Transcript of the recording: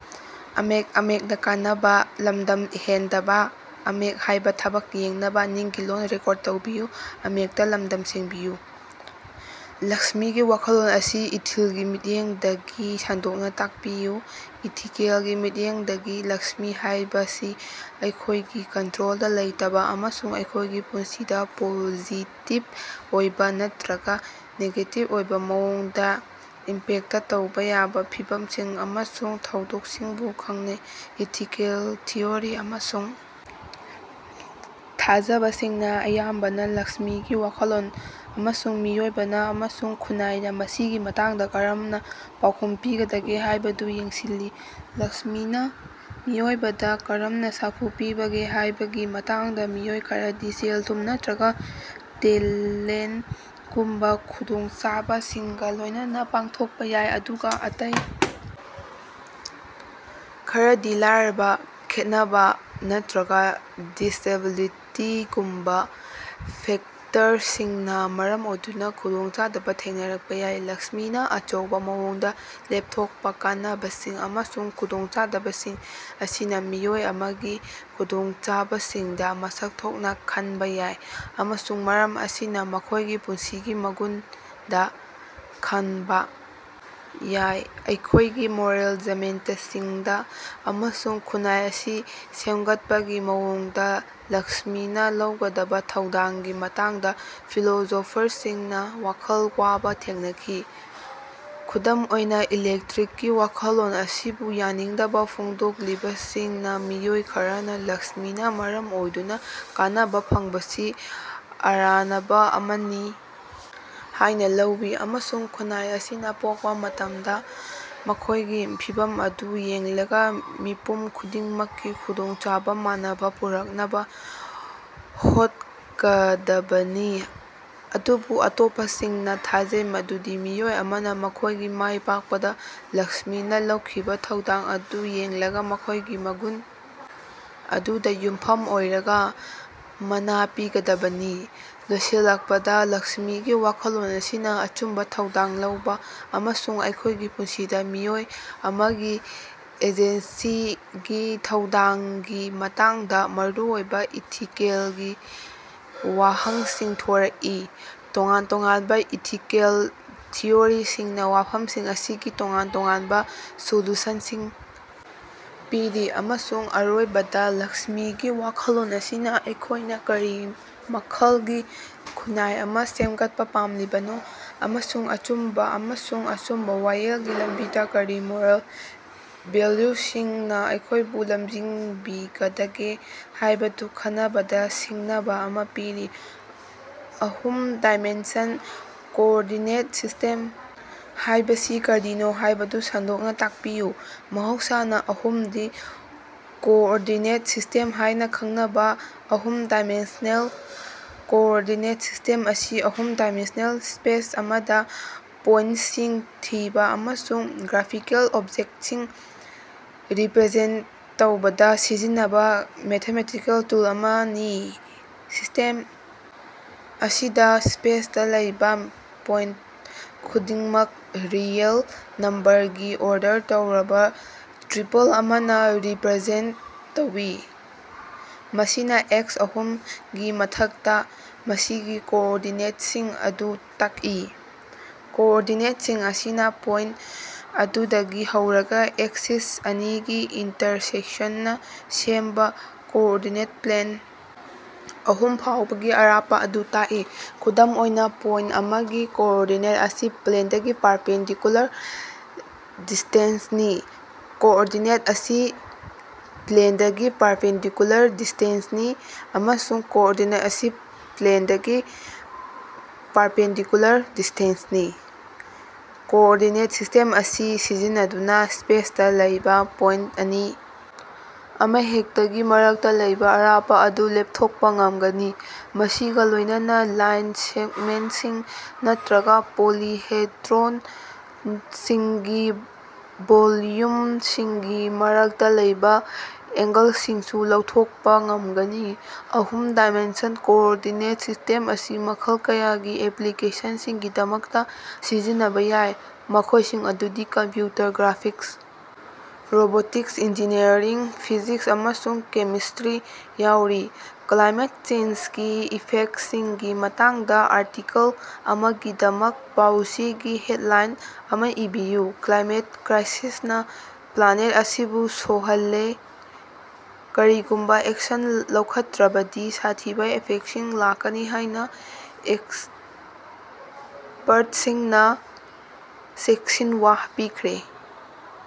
ꯂꯛꯁ꯭ꯃꯤꯒꯤ ꯋꯥꯈꯜꯂꯣꯟ ꯑꯁꯤ ꯏꯊꯤꯜꯒꯤ ꯃꯤꯠꯌꯦꯡꯗꯒꯤ ꯁꯟꯗꯣꯛꯅ ꯇꯥꯛꯄꯤꯌꯨ꯫ ꯏꯊꯤꯀꯦꯜꯒꯤ ꯃꯤꯠꯌꯦꯡꯗꯒꯤ, ꯂꯛꯁ꯭ꯃꯤ ꯍꯥꯏꯕꯁꯤ ꯑꯩꯈꯣꯏꯒꯤ ꯀꯟꯇꯔꯣꯜꯗ ꯂꯩꯇꯕ ꯑꯃꯁꯨꯡ ꯑꯩꯈꯣꯏꯒꯤ ꯄꯨꯟꯁꯤꯗ ꯄꯣꯖꯤꯇꯤꯕ ꯑꯣꯏꯕ ꯅꯠꯇꯔꯒ ꯅꯦꯒꯦꯇꯤꯕ ꯑꯣꯏꯕ ꯃꯑꯣꯡꯗ ꯏꯝꯄꯦꯛꯇ ꯇꯧꯕ ꯌꯥꯕ ꯐꯤꯚꯝꯁꯤꯡ ꯑꯃꯁꯨꯡ ꯊꯧꯗꯣꯛꯁꯤꯡꯕꯨ ꯈꯪꯅꯩ꯫ ꯏꯊꯤꯀꯦꯜ ꯊꯤꯑꯣꯔꯤ ꯑꯃꯁꯨꯡ ꯊꯥꯖꯕꯁꯤꯡꯅ ꯑꯌꯥꯝꯕꯅ ꯂꯛꯁ꯭ꯃꯤꯒꯤ ꯋꯥꯈꯜꯂꯣꯟ, ꯑꯃꯁꯨꯡ ꯃꯤꯑꯣꯏꯕꯅ ꯑꯃꯁꯨꯡ ꯈꯨꯟꯅꯥꯏꯅ ꯃꯁꯤꯒꯤ ꯃꯇꯥꯡꯗ ꯀꯔꯝꯅ ꯄꯥꯎꯈꯨꯝ ꯄꯤꯒꯗꯒꯦ ꯍꯥꯏꯕꯗꯨ ꯌꯦꯡꯁꯤꯜꯂꯤ꯫ ꯂꯛꯁ꯭ꯃꯤꯅ ꯃꯤꯑꯣꯏꯕꯗ ꯀꯔꯝꯅ ꯁꯥꯐꯨ ꯄꯤꯕꯒꯦ ꯍꯥꯏꯕꯒꯤ ꯃꯇꯥꯡꯗꯥ ꯃꯤꯑꯣꯏ ꯈꯔꯗꯤ ꯁꯦꯜ-ꯊꯨꯝ ꯅꯠꯇꯔꯒ ꯇꯦꯂꯦꯟꯇꯒꯨꯝꯕ ꯈꯨꯗꯣꯡꯆꯥꯕꯁꯤꯡꯒ ꯂꯣꯏꯅꯅ ꯄꯣꯛꯄ ꯌꯥꯏ, ꯑꯗꯨꯒ ꯑꯇꯩ ꯈꯔꯗꯤ ꯂꯥꯏꯔꯕ, ꯈꯦꯠꯅꯕ, ꯅꯠꯇꯔꯒ ꯗꯤꯁꯑꯦꯕꯤꯂꯤꯇꯤꯒꯨꯝꯕ ꯐꯦꯛꯇꯔꯁꯤꯡꯅ ꯃꯔꯝ ꯑꯣꯏꯗꯨꯅ ꯈꯨꯗꯣꯡꯆꯥꯗꯕ ꯊꯦꯡꯅꯔꯛꯄ ꯌꯥꯏ꯫ ꯂꯛꯁ꯭ꯃꯤꯅ ꯑꯆꯧꯕ ꯃꯑꯣꯡꯗ ꯂꯦꯞꯊꯣꯛꯄ ꯀꯥꯟꯅꯕꯁꯤꯡ ꯑꯃꯁꯨꯡ ꯈꯨꯗꯣꯡꯆꯥꯗꯕꯁꯤꯡ ꯑꯁꯤꯅꯥ ꯃꯤꯑꯣꯏ ꯑꯃꯒꯤ ꯈꯨꯗꯣꯡꯆꯥꯕꯁꯤꯡꯗ ꯃꯁꯛ ꯊꯣꯛꯅ ꯈꯟꯕ ꯌꯥꯏ, ꯑꯃꯁꯨꯡ ꯃꯔꯝ ꯑꯁꯤꯅ ꯃꯈꯣꯏꯒꯤ ꯄꯨꯟꯁꯤꯒꯤ ꯃꯒꯨꯟꯗ ꯈꯟꯕꯥ ꯌꯥꯏ꯫ ꯑꯩꯈꯣꯌꯒꯤ ꯃꯣꯔꯦꯜ ꯖꯃꯦꯟꯇꯁꯤꯡꯗꯥ ꯑꯃꯁꯨꯡ ꯈꯨꯟꯅꯥꯏ ꯑꯁꯤ ꯁꯦꯝꯒꯠꯄꯒꯤ ꯃꯑꯣꯡꯗ ꯂꯛꯁ꯭ꯃꯤꯅ ꯂꯧꯒꯗꯕ ꯊꯧꯗꯥꯡꯒꯤ ꯃꯇꯥꯡꯗ ꯐꯤꯂꯣꯁꯣꯐꯔꯁꯤꯡꯅ ꯋꯥꯈꯜ ꯋꯥꯕ ꯊꯦꯡꯅꯈꯤ꯫ ꯈꯨꯗꯝ ꯑꯣꯏꯅ, ꯏꯂꯦꯛꯇ꯭ꯔꯤꯛꯒꯤ ꯋꯥꯈꯜꯂꯣꯟ ꯑꯁꯤꯕꯨ ꯌꯥꯅꯤꯡꯗꯕ ꯐꯣꯡꯗꯣꯛꯂꯤꯕꯁꯤꯡꯅ ꯃꯤꯑꯣꯏ ꯈꯔꯅ ꯂꯛꯁ꯭ꯃꯤꯅ ꯃꯔꯝ ꯑꯣꯏꯗꯨꯅ ꯀꯥꯟꯅꯕ ꯐꯪꯕꯁꯤ ꯑꯔꯥꯅꯕ ꯑꯃꯅꯤ ꯍꯥꯏꯅ ꯂꯧꯏ, ꯑꯃꯁꯨꯡ ꯈꯨꯟꯅꯥꯏ ꯑꯁꯤꯅ ꯄꯣꯛꯄ ꯃꯇꯃꯗ ꯃꯈꯣꯏꯒꯤ ꯐꯤꯚꯝ ꯑꯗꯨ ꯌꯦꯡꯂꯒ ꯃꯤꯄꯨꯝ ꯈꯨꯗꯤꯡꯃꯛꯀꯤ ꯈꯨꯗꯣꯡꯆꯥꯕ ꯃꯥꯟꯅꯕ ꯄꯨꯔꯛꯅꯕ ꯍꯣꯠꯒꯗꯕꯅꯤ꯫ ꯑꯗꯨꯕꯨ ꯑꯇꯣꯞꯄꯁꯤꯡꯅ ꯊꯥꯖꯩ ꯃꯗꯨꯗꯤ ꯃꯤꯑꯣꯏ ꯑꯃꯅ ꯃꯈꯣꯏꯒꯤ ꯃꯥꯏ ꯄꯥꯛꯄꯗ ꯂꯛꯁ꯭ꯃꯤꯅ ꯂꯧꯈꯤꯕ ꯊꯧꯗꯥꯡ ꯑꯗꯨ ꯌꯦꯡꯂꯒ ꯃꯈꯣꯏꯒꯤ ꯃꯒꯨꯟ ꯑꯗꯨꯗ ꯌꯨꯝꯐꯝ ꯑꯣꯏꯔꯒ ꯃꯅꯥ ꯄꯤꯒꯗꯕꯅꯤ꯫ ꯂꯣꯏꯁꯤꯜꯂꯛꯄꯗ, ꯂꯛꯁ꯭ꯃꯤꯒꯤ ꯋꯥꯈꯜꯂꯣꯟ ꯑꯁꯤꯅ ꯑꯆꯨꯝꯕ, ꯊꯧꯗꯥꯡ ꯂꯧꯕ ꯑꯃꯁꯨꯡ ꯑꯩꯈꯣꯌꯒꯤ ꯄꯨꯟꯁꯤꯗꯥ ꯃꯤꯑꯣꯏ ꯑꯃꯒꯤ ꯑꯦꯖꯦꯟꯁꯤꯒꯤ ꯊꯧꯗꯥꯡꯒꯤ ꯃꯇꯥꯡꯗꯥ ꯃꯔꯨꯑꯣꯏꯕꯥ ꯏꯊꯤꯀꯦꯂꯒꯤ ꯋꯥꯍꯪꯁꯤꯡ ꯊꯣꯔꯛꯏ꯫ ꯇꯣꯉꯥꯟ ꯇꯣꯉꯥꯟꯕ ꯏꯊꯤꯀꯦꯜ ꯊꯤꯑꯣꯔꯤꯁꯤꯡꯅ ꯋꯥꯐꯝꯁꯤꯡ ꯑꯁꯤꯒꯤ ꯇꯣꯉꯥꯟ ꯇꯣꯉꯥꯟꯕ ꯁꯣꯂꯨꯁꯟꯁꯤꯡ ꯄꯤꯔꯤ, ꯑꯃꯁꯨꯡ ꯑꯔꯣꯏꯕꯗ, ꯂꯛꯁ꯭ꯃꯤꯒꯤ ꯋꯥꯈꯜꯂꯣꯟ ꯑꯁꯤꯅ ꯑꯩꯈꯣꯏꯅ ꯀꯔꯤ ꯃꯈꯜꯒꯤ ꯈꯨꯟꯅꯥꯏ ꯑꯃ ꯁꯦꯝꯒꯠꯄ ꯄꯥꯝꯂꯤꯕꯅꯣ, ꯑꯃꯁꯨꯡ ꯑꯆꯨꯝꯕ ꯑꯃꯁꯨꯡ ꯑꯆꯨꯝꯕ ꯋꯥꯌꯦꯜꯒꯤ ꯂꯝꯕꯤꯗ ꯀꯔꯤ ꯃꯣꯔꯦꯜ ꯚꯦꯜꯌꯨꯁꯤꯡꯅ ꯑꯩꯈꯣꯏꯕꯨ ꯂꯝꯖꯤꯡꯕꯤꯒꯗꯒꯦ ꯍꯥꯏꯕꯗꯨ ꯈꯟꯅꯕꯗ ꯁꯤꯡꯅꯕ ꯑꯃ ꯄꯤꯔꯤ꯫ ꯑꯍꯨꯝ ꯗꯥꯏꯃꯦꯟꯁꯟ ꯀꯣꯑꯣꯔꯗꯤꯅꯦꯠ ꯁꯤꯁ꯭ꯇꯦꯝ ꯍꯥꯏꯕꯁꯤ ꯀꯔꯤꯅꯣ ꯍꯥꯏꯕꯗꯨ ꯁꯟꯗꯣꯛꯅ ꯇꯥꯛꯄꯤꯌꯨ꯫ ꯃꯍꯧꯁꯥꯅ ꯑꯍꯨꯝ ꯗꯤ ꯀꯣꯑꯣꯔꯗꯤꯅꯦꯠ ꯁꯤꯁ꯭ꯇꯦꯝ ꯍꯥꯏꯅ ꯈꯪꯅꯕ ꯑꯍꯨꯝ ꯗꯥꯏꯃꯦꯟꯁꯅꯦꯜ ꯀꯣꯑꯣꯔꯗꯤꯅꯦꯠ ꯁꯤꯁ꯭ꯇꯦꯝ ꯑꯁꯤ ꯑꯍꯨꯝ ꯗꯥꯏꯃꯦꯟꯁꯅꯦꯜ ꯁ꯭ꯄꯦꯁ ꯑꯃꯗ ꯄꯣꯏꯟꯇꯁꯤꯡ ꯊꯤꯕ ꯑꯃꯁꯨꯡ ꯒ꯭ꯔꯥꯐꯤꯀꯦꯜ ꯑꯣꯕꯖꯦꯛꯇꯁꯤꯡ ꯔꯤꯄꯔꯖꯦꯟꯇ ꯇꯧꯕꯗ ꯁꯤꯖꯤꯟꯅꯕ ꯃꯦꯊꯃꯦꯇꯤꯀꯦꯜ ꯇꯨꯜ ꯑꯃꯅꯤ꯫ ꯁꯤꯁ꯭ꯇꯦꯝ ꯑꯁꯤꯗ, ꯁ꯭ꯄꯦꯁꯇꯥ ꯂꯩꯕ ꯄꯣꯏꯟꯇ ꯈꯨꯗꯤꯡꯃꯛ ꯔꯤꯑꯦꯜ ꯅꯝꯕꯔ ꯒꯤ ꯑꯣꯔꯗꯔ ꯇꯧꯔꯕ ꯇ꯭ꯔꯤꯄꯜ ꯑꯃꯅ ꯔꯤꯄꯔꯖꯦꯟꯇ ꯇꯧꯏ, ꯃꯁꯤꯅ ꯑꯦꯛꯁ ꯑꯍꯨꯝꯒꯤ ꯃꯊꯛꯇ ꯃꯁꯤꯒꯤ ꯀꯣꯑꯣꯔꯗꯤꯅꯦꯠꯁꯤꯡ ꯑꯗꯨ ꯇꯛꯏ꯫ ꯀꯣꯑꯣꯔꯗꯤꯅꯦꯠꯁꯤꯡ ꯑꯁꯤꯅ ꯄꯣꯏꯟꯇ ꯑꯗꯨꯗꯒꯤ ꯍꯧꯔꯒ ꯑꯦꯛꯁꯤꯁ ꯑꯅꯤꯒꯤ ꯏꯟꯇꯔꯁꯦꯛꯁꯟꯅ ꯁꯦꯝꯕꯥ ꯀꯣꯑꯣꯔꯗꯤꯅꯦꯠ ꯄ꯭ꯂꯦꯟ ꯑꯍꯨꯝ ꯐꯥꯎꯕꯒꯤ ꯑꯔꯥꯞꯄ ꯑꯗꯨ ꯇꯥꯛꯏ꯫ ꯈꯨꯗꯝ ꯑꯣꯏꯅꯥ, ꯄꯣꯏꯟꯇ ꯑꯃꯒꯤ -ꯀꯣꯑꯣꯔꯗꯤꯅꯦꯠ ꯑꯁꯤ -ꯄ꯭ꯂꯦꯟꯗꯒꯤ ꯄꯥꯔꯄꯦꯟꯗꯤꯀꯨꯂꯥꯔ ꯗꯤꯁ꯭ꯇꯦꯟꯁꯅꯤ, -ꯀꯣꯑꯣꯔꯗꯤꯅꯦꯠ ꯑꯁꯤ -ꯄ꯭ꯂꯦꯟꯗꯒꯤ ꯄꯥꯔꯄꯦꯟꯗꯤꯀꯨꯂꯥꯔ ꯗꯤꯁ꯭ꯇꯦꯟꯁꯅꯤ, ꯑꯃꯁꯨꯡ -ꯀꯣꯑꯣꯔꯗꯤꯅꯦꯠ ꯑꯁꯤ -ꯄ꯭ꯂꯦꯟꯗꯒꯤ ꯄꯥꯔꯄꯦꯟꯗꯤꯀꯨꯂꯥꯔ ꯗꯤꯁ꯭ꯇꯦꯟꯁꯅꯤ꯫ ꯀꯣꯑꯣꯔꯗꯤꯅꯦꯠ ꯁꯤꯁ꯭ꯇꯦꯝ ꯑꯁꯤ ꯁꯤꯖꯤꯟꯅꯗꯨꯅ ꯁ꯭ꯄꯦꯁꯇ ꯂꯩꯕ ꯄꯣꯏꯟꯇ ꯑꯅꯤ ꯑꯃꯍꯦꯛꯇꯒꯤ ꯃꯔꯛꯇꯥ ꯂꯩꯕ ꯑꯔꯥꯞꯄ ꯑꯗꯨ ꯂꯦꯄꯊꯣꯛꯄ ꯉꯝꯒꯅꯤ, ꯃꯁꯤꯒ ꯂꯣꯏꯅꯅꯥ ꯂꯥꯏꯟ ꯁꯦꯒꯃꯦꯟꯇꯁꯤꯡ ꯅꯠꯇꯔꯒ ꯄꯣꯂꯤꯍꯦꯗ꯭ꯔꯣꯅꯁꯤꯡꯒꯤ ꯚꯣꯜꯌꯨꯝꯁꯤꯡꯒꯤ ꯃꯔꯛꯇꯥ ꯂꯩꯕ ꯑꯦꯡꯒꯜꯁꯤꯡꯁꯨ ꯂꯧꯊꯣꯛꯄ ꯉꯃꯒꯅꯤ꯫ ꯑꯍꯨꯝ ꯗꯥꯏꯃꯦꯟꯁꯟ ꯀꯣꯑꯣꯔꯗꯤꯅꯦꯠ ꯁꯤꯁ꯭ꯇꯦꯝ ꯑꯁꯤ ꯃꯈꯜ ꯀꯌꯥꯒꯤ ꯑꯦꯞꯂꯤꯀꯦꯁꯟꯁꯤꯡꯒꯤꯗꯃꯛꯇ ꯁꯤꯖꯤꯟꯅꯕ ꯌꯥꯏ, ꯃꯈꯣꯏꯁꯤꯡ ꯑꯗꯨꯗꯤ: computer graphics, robotics, engineering, physics, ꯑꯃꯁꯨꯡ ꯀꯦꯃꯦꯁ꯭ꯇꯔꯤ ꯌꯥꯎꯔꯤ꯫ ꯀ꯭ꯂꯥꯏꯃꯦꯠ ꯆꯦꯟꯖꯒꯤ ꯏꯐꯦꯛꯇꯁꯤꯡꯒꯤ ꯃꯇꯥꯡꯗ ꯑꯥꯔꯇꯤꯀꯜ ꯑꯃꯒꯤꯗꯃꯛ ꯄꯥꯎ-ꯆꯦꯒꯤ ꯍꯦꯗꯂꯥꯏꯟ ꯑꯃ ꯏꯕꯤꯌꯨ꯫ "ꯀ꯭ꯂꯥꯏꯃꯦꯠ ꯀ꯭ꯔꯥꯏꯁꯤꯁꯅ ꯄ꯭ꯂꯥꯅꯦꯠ ꯑꯁꯤꯕꯨ ꯁꯣꯍꯜꯂꯦ: ꯀꯔꯤꯒꯨꯝꯕ ꯑꯦꯛꯁꯟ ꯂꯧꯈꯠꯇꯔꯕꯗꯤ ꯁꯥꯊꯤꯕ ꯏꯐꯦꯛꯁꯤꯡ ꯂꯥꯛꯀꯅꯤ ꯍꯥꯏꯅ ꯑꯦꯛꯁꯄꯔꯇꯁꯤꯡꯅ ꯆꯦꯛꯁꯤꯟꯋꯥ ꯄꯤꯈ꯭ꯔꯦ"꯫